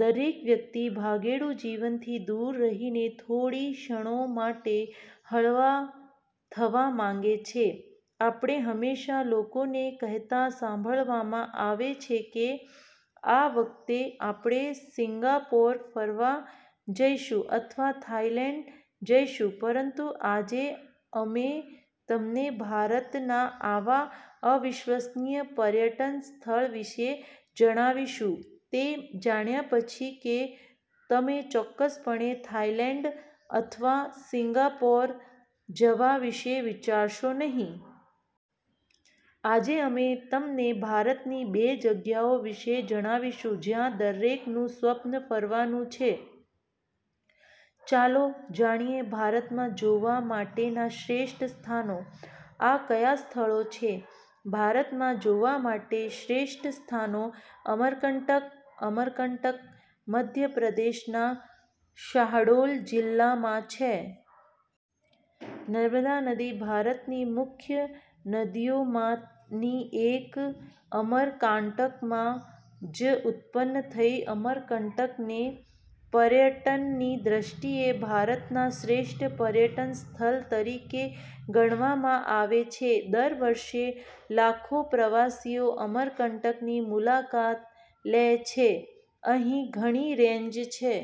દરેક વ્યક્તિ ભાગેડુ જીવનથી દૂર રહીને થોડી ક્ષણો માટે હળવા થવા માંગે છે. આપણે હંમેશાં લોકોને કહેતા સાંભળવામાં આવે છે કે, આ વખતે આપણે સિંગાપોર ફરવા જઈશું, અથવા થાઇલેન્ડ જઈશું. પરંતુ, આજે અમે તમને ભારતના આવા અવિશ્વસનીય પર્યટન સ્થળ વિશે જણાવીશું, તે જાણ્યા પછી કે, તમે ચોક્કસપણે થાઇલેન્ડ અથવા સિંગાપોર જવા વિશે વિચારશો નહીં. આજે અમે તમને ભારતની તે જગ્યાઓ વિશે જણાવીશું જ્યાં દરેકનું સ્વપ્ન ફરવાનું છે. ચાલો જાણીએ ભારતમાં જોવા માટેના શ્રેષ્ઠ સ્થાનો – આ કયા સ્થળો છે. ભારતમાં જોવા માટે શ્રેષ્ઠ સ્થાનો:. અમરકંટક: અમરકંટક મધ્યપ્રદેશના શાહડોલ જિલ્લામાં છે. નર્મદા નદી, ભારતની મુખ્ય નદીઓમાંની એક, અમરકાંટકમાં જ ઉત્પન્ન થઈ. અમરકંટકને પર્યટનની દ્રષ્ટિએ ભારતના શ્રેષ્ઠ પર્યટન સ્થળ તરીકે ગણવામાં આવે છે. દર વર્ષે લાખો પ્રવાસીઓ અમરકંટકની મુલાકાત લે છે. અહીં ઘણી રેન્જ છે.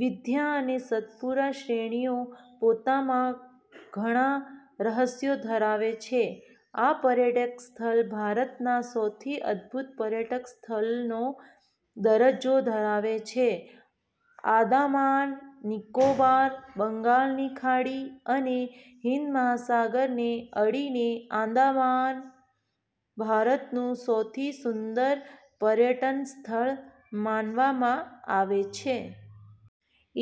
વિંધ્યા અને સત્પુરા શ્રેણીઓ પોતામાં ઘણા રહસ્યો ધરાવે છે. આ પર્યટક સ્થળ ભારતના સૌથી અદભૂત પર્યટન સ્થળનો દરજ્જો ધરાવે છે.. આંદામાન-નિકોબાર: બંગાળની ખાડી અને હિંદ મહાસાગરને અડીને આંદામાન ભારતનું સૌથી સુંદર પર્યટન સ્થળ માનવામાં આવે છે.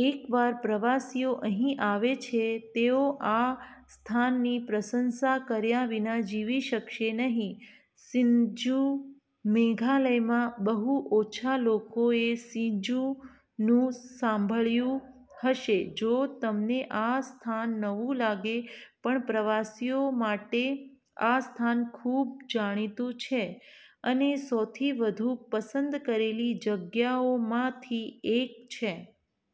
એકવાર પ્રવાસીઓ અહીં આવે છે, તેઓ આ સ્થાનની પ્રશંસા કર્યા વિના જીવી શકશે નહીં.. સિજુ: મેઘાલયમાં બહુ ઓછા લોકોએ સિજુનું સાંભળ્યું હશે. જો તમને આ સ્થાન નવું લાગે, પણ પ્રવાસીઓ માટે, આ સ્થાન ખૂબ જાણીતું છે અને સૌથી વધુ પસંદ કરેલી જગ્યાઓમાંથી એક છે.